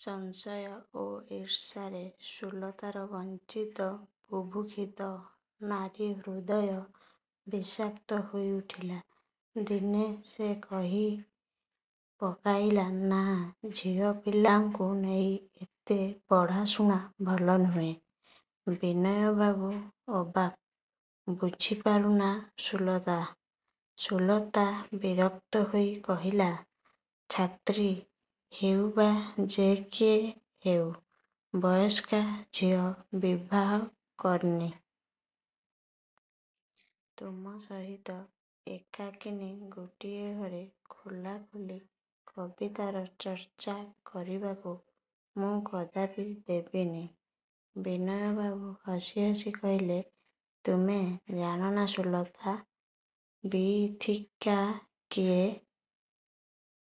ସଂଶୟ ଓ ଈର୍ଷାରେ ସୁଲତାର ବଞ୍ଚିତ ବୁଭୁକ୍ଷିତ ନାରୀ-ହୃଦୟ ବିଷାକ୍ତ ହୋଇ ଉଠିଲା। ଦିନେ ସେ କହି ପକାଇଲା, "ନା—ଝିଅ ପିଲାଙ୍କୁ ନେଇ ଏତେ ପଢ଼ାଶୁଣା ଭଲ ନୁହେଁ। '' ବିନୟବାବୁ ଅବାକ; "ବୁଝିପାରୁନା ସୁଲତା! '' ସୁଲତା ବିରକ୍ତ ହୋଇ କହିଲା,–"ଛାତ୍ରୀ ହେଉ ବା ଯେ କିଏ ହେଉ–ବୟସ୍କା ଝିଅ-ବିବାହ କରିନି। ତୁମ ସହିତ ଏକାକିନୀ ଗୋଟିଏ ଘରେ ଖୋଲା ଖୋଲି କବିତାର ଚର୍ଚ୍ଚା କରିବାକୁ ମୁଁ କଦାପି ଦେବିନି। '' ବିନୟ ବାବୁ ହସି ହସି କହିଲେ, "ତୁମେ ଜାଣ ନା ସୁଲତା—ବୀଥିକା କିଏ? ''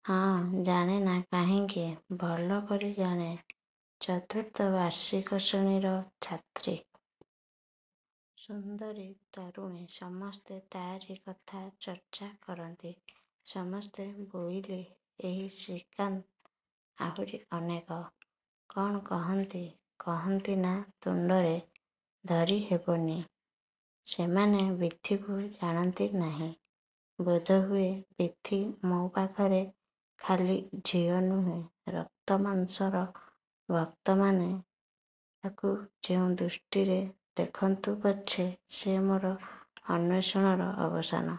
"ହଁ, ଜାଣେ ନା କାହିଁକି, ଭଲକରି ଜାଣେ, ଚତୁର୍ଥ ବାର୍ଷିକ ଶ୍ରେଣୀର ଛାତ୍ରୀ। ସୁନ୍ଦରୀ, ତରୁଣୀ—ସମସ୍ତେ ତା'ରି କଥା ଚର୍ଚ୍ଚା କରନ୍ତି—" "ସମସ୍ତେ ବୋଇଲେ? '' "ଏହି ଶ୍ରୀକାନ୍ତ—ଆହୁରି ଅନେକ। '' "କ'ଣ କହନ୍ତି? '' "କହନ୍ତି…. ନା—ତୁଣ୍ଡରେ ଧରି ହେବ ନି। '' "ସେମାନେ ବୀଥିକୁ ଜାଣନ୍ତି ନାହିଁ, ବୋଧହୁଏ, ବୀଥି ମୋ ପାଖରେ ଖାଲି ଝିଅ ନୁହେଁ–ରକ୍ତ ମାଂସର ଭକ୍ତମାନେ ତାକୁ ଯେଉଁ ଦୃଷ୍ଟିରେ ଦେଖନ୍ତୁ ପଛେ, ସେ ମୋର ଅନ୍ୱେଷଣର ଅବସାନ-।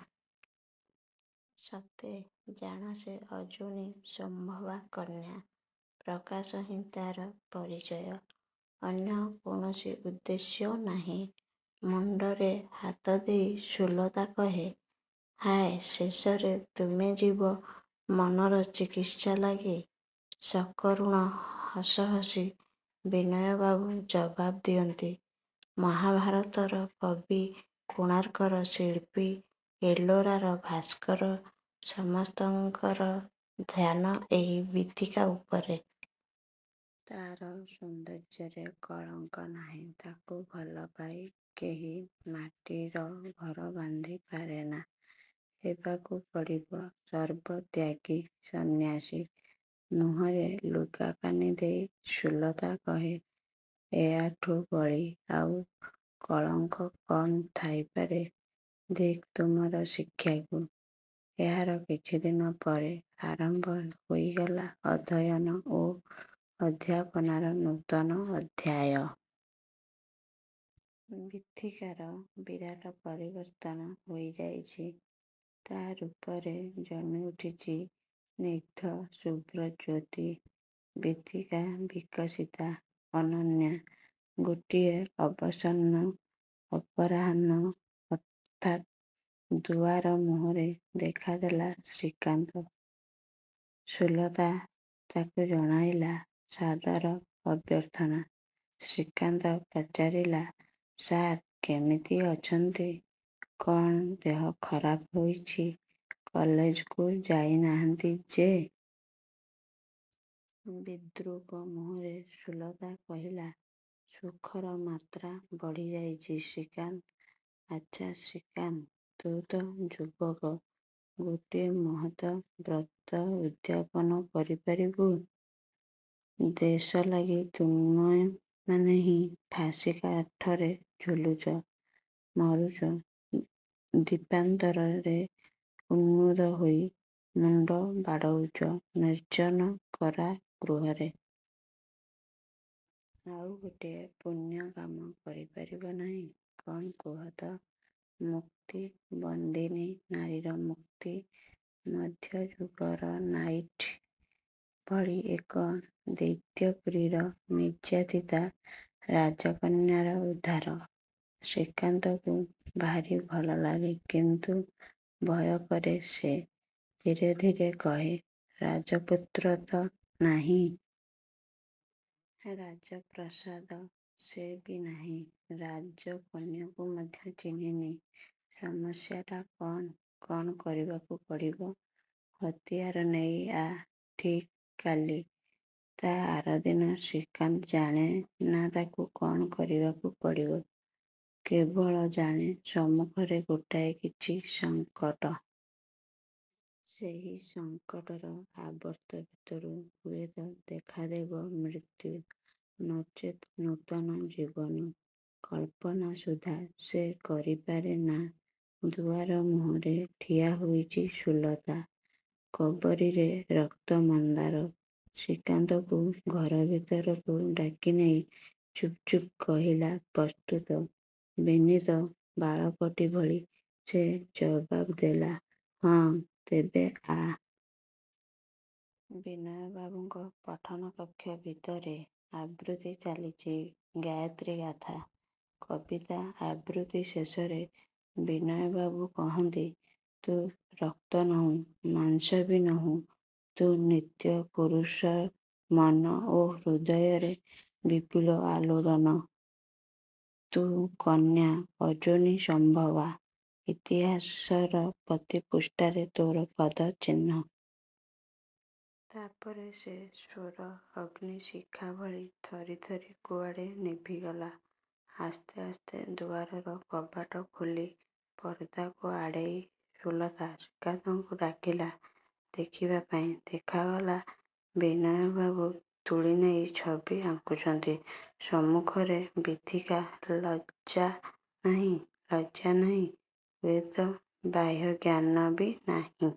'' "ସତେ? '' "ଜାଣ—ସେ ଅଯୋନି ସମ୍ଭବା କନ୍ୟା। ପ୍ରକାଶ ହିଁ ତାର ପରିଚୟ, ଅନ୍ୟ କୌଣସି ଉଦ୍ଦେଶ୍ୟ ନାହିଁ। '' ମୁଣ୍ଡରେ ହାତ ଦେଇ ସୁଲତା କହେ, "ହାୟ-ଶେଷରେ ତୁମେ ଯିବ ମନର ଚିକିତ୍ସା ଲାଗି-? '' ସକରୁଣ ହସ ହସି—ବିନୟ ବାବୁ ଜବାବ୍ ଦିଅନ୍ତି—"ମହାଭାରତର କବି, କୋଣାର୍କର ଶିଳ୍ପୀ, ଏଲୋରାର ଭାସ୍କର—ସମସ୍ତଙ୍କର ଧ୍ୟାନ ଏହି ବୀଥିକାଉପରେ। ତାର ସୌନ୍ଦର୍ଯ୍ୟରେ କଳଙ୍କ ନାହିଁ। ତାକୁ ଭଲ ପାଇ କେହି ମାଟିର ଘର ବାନ୍ଧି ପାରେନା—ହେବାକୁ ପଡ଼ିବ ସର୍ବତ୍ୟାଗୀ—ସନ୍ନ୍ୟାସୀ। '' ମୁହଁରେ ଲୁଗାକାନି ଦେଇ ସୁଲତା କହେ, "ଏହାଠୁଁ ବଳି ଆଉ କଳଙ୍କ କ'ଣ ଥାଇପାରେ-? ଧିକ୍ ତୁମର ଶିକ୍ଷାକୁ! '' ଏହାର କିଛିଦିନ ପରେ ଆରମ୍ଭ ହୋଇଗଲା—ଅଧ୍ୟୟନ ଓ ଅଧ୍ୟାପନାର ନୂତନ ଅଧ୍ୟାୟ-। ବୀଥିକାର ବିରାଟ ପରିବର୍ତ୍ତନ ହୋଇ ଯାଇଛି। ତା ରୂପରେ ଜମି ଉଠିଚି ସ୍ନିଗ୍ଧ ଶୁଭ୍ର ଜ୍ୟୋତି। ବୀଥିକା, ବିକଶିତା—ଅନନ୍ୟା। ଗୋଟିଏ ଅବସନ୍ନ ଅପରାହ୍ନ। ହଠାତ୍ ଦୁଆର ମୁହଁରେ ଦେଖାଦେଲା ଶ୍ରୀକାନ୍ତ। ସୁଲତା ତାକୁ ଜଣାଇଲା ସାଦର ଅଭ୍ୟର୍ଥନା। ଶ୍ରୀକାନ୍ତ ପଚାରିଲା; "ସାର୍ କିମିତି ଅଛନ୍ତି? କ'ଣ ଦେହ ଖରାପ ହୋଇଛି, କଲେଜକୁ ଯାଉନାହାଁନ୍ତି ଯେ? '' ବିଦ୍ରୂପ ମୁହଁରେ ସୁଲତା। କହିଲା— "ସୁଖର ମାତ୍ରା ବଢ଼ି ଯାଇଛି ଶ୍ରୀକାନ୍ତ। ଆଚ୍ଛା ଶ୍ରୀକାନ୍ତ! ତୁ ତ ଯୁବକ, ଗୋଟିଏ ମହତ୍ ବ୍ରତ ଉଦ୍ଯାପନ କରି ପାରିବୁ? ଦେଶଲାଗି ତୁମେମାନେ ହିଁ ଫାଶୀ କାଠରେ ଝୁଲୁଚ—ମରୁଚ ଦ୍ୱୀପାନ୍ତରରେ—ଉନ୍ମାଦ ହୋଇ ମୁଣ୍ଡ ବାଡ଼ଉଚ ନିର୍ଜ୍ଜନ କାରାଗୃହରେ? ଆଉ ଗୋଟିଏ ପୁଣ୍ୟ କାମ କରି ପାରିବ ନାହିଁ? '' "କଣ କୁହ ତ? '' "ମୁକ୍ତି! ବନ୍ଦିନୀ ନାରୀର ମୁକ୍ତି। ମଧ୍ୟଯୁଗର ନାଇଟ୍ ଭଳି ଏକ ଦୈତ୍ୟପୁରୀର ନିର୍ଯ୍ୟାତିତା ରାଜକନ୍ୟାର ଉଦ୍ଧାର—" ଶ୍ରୀକାନ୍ତକୁ ଭାରି ଭଲ ଲାଗେ, କିନ୍ତୁ ଭୟ କରେ ସେ। ଧୀରେ ଧୀରେ କହେ, 'ରାଜପୁତ୍ର ତ ନାହିଁ। ରାଜପ୍ରସାଦ? ସେ ବି ନାହିଁ—ରାଜ କନ୍ୟାକୁ ମଧ୍ୟ ଚିହ୍ନିନି। ସମସ୍ୟାଟା କ'ଣ-? କ'ଣ କରିବାକୁ ପଡ଼ିବ? ' "ହତିଆର ନେଇ ଆ—ଠିକ୍ କାଲି। '' ତା ଆରଦିନ। ଶ୍ରୀକାନ୍ତ ଜାଣେ ନା ତାକୁ କ'ଣ କରିବାକୁ ପଡ଼ିବ। କେବଳ ଜାଣେ ସମ୍ମୁଖରେ ଗୋଟାଏ କିଛି ସଂକଟ। ସେହି ସଂକଟର ଆବର୍ତ୍ତ ଭିତରୁ ହୁଏ ତ ଦେଖା ଦେବ ମୃତ୍ୟୁ—ନଚେତ୍ ନୂତନ ଜୀବନ। କଳ୍ପନା ସୁଦ୍ଧା ସେ କରିପାରେ ନା। ଦୁଆର ମୁହଁରେ ଠିଆ ହୋଇଚି ସୁଲତା। କବରୀରେ ରକ୍ତମନ୍ଦାର। ଶ୍ରୀକାନ୍ତକୁ ଘରଭିତରକୁ ଡାକିନେଇ ଚୁପ୍ ଚୁପ୍ କହିଲା—"ପ୍ରସ୍ତୁତ? '' ବିନିତ ବାଳକଟି ଭଳି ସେ ଜବାବ୍ ଦେଲା—"ହଁ" "ତେବେ ଆ। '' ବିନୟବାବୁଙ୍କ ପଠନ କକ୍ଷ। ଭିତରେ ଆବୃତ୍ତି ଚାଲିଚି ଗାୟତ୍ରୀଗାଥା। କବିତା-ଆବୃତ୍ତି ଶେଷରେ ବିନୟ ବାବୁ କହନ୍ତି, "ତୁ ରକ୍ତ ନୋହୁଁ—ମାଂସ ବି ନୋହୁ, ତୁ ନିତ୍ୟ ପୁରୁଷର ମନ ଓ ହୃଦୟରେ ବିପୁଳ ଆଲୋଡ଼ନ। ତୁ କନ୍ୟା—ଅଯୋନି-ସମ୍ଭବା! ଇତିହାସର ପ୍ରତି ପୃଷ୍ଠାରେ ତୋର ପଦ-ଚିହ୍ନ। '' ତା'ପରେ? ସେ ସ୍ୱର ଅଗ୍ନିଶିଖାଭଳି ଥରିଥରି କୁଆଡ଼େ ନିଭିଗଲା….। ଆସ୍ତେ ଆସ୍ତେ ଦୁଆରର କବାଟଖୋଲି ପର୍ଦାକୁ ଆଡ଼େଇ ସୁଲତା ଶ୍ରୀକାନ୍ତକୁ ଡାକିଲା, ଦେଖିବାପାଇଁ। ଦେଖାଗଲା—ବିନୟ ବାବୁ ତୁଳିନେଇ ଛବି ଆଙ୍କୁଛନ୍ତି। ସମ୍ମୁଖରେ ବିଥିକା, ଲଜ୍ଜା ନାହିଁ—ସଜ୍ଜା ନାହିଁ—ହୁଏ ତ ବାହ୍ୟଜ୍ଞାନ ବି ନାହିଁ।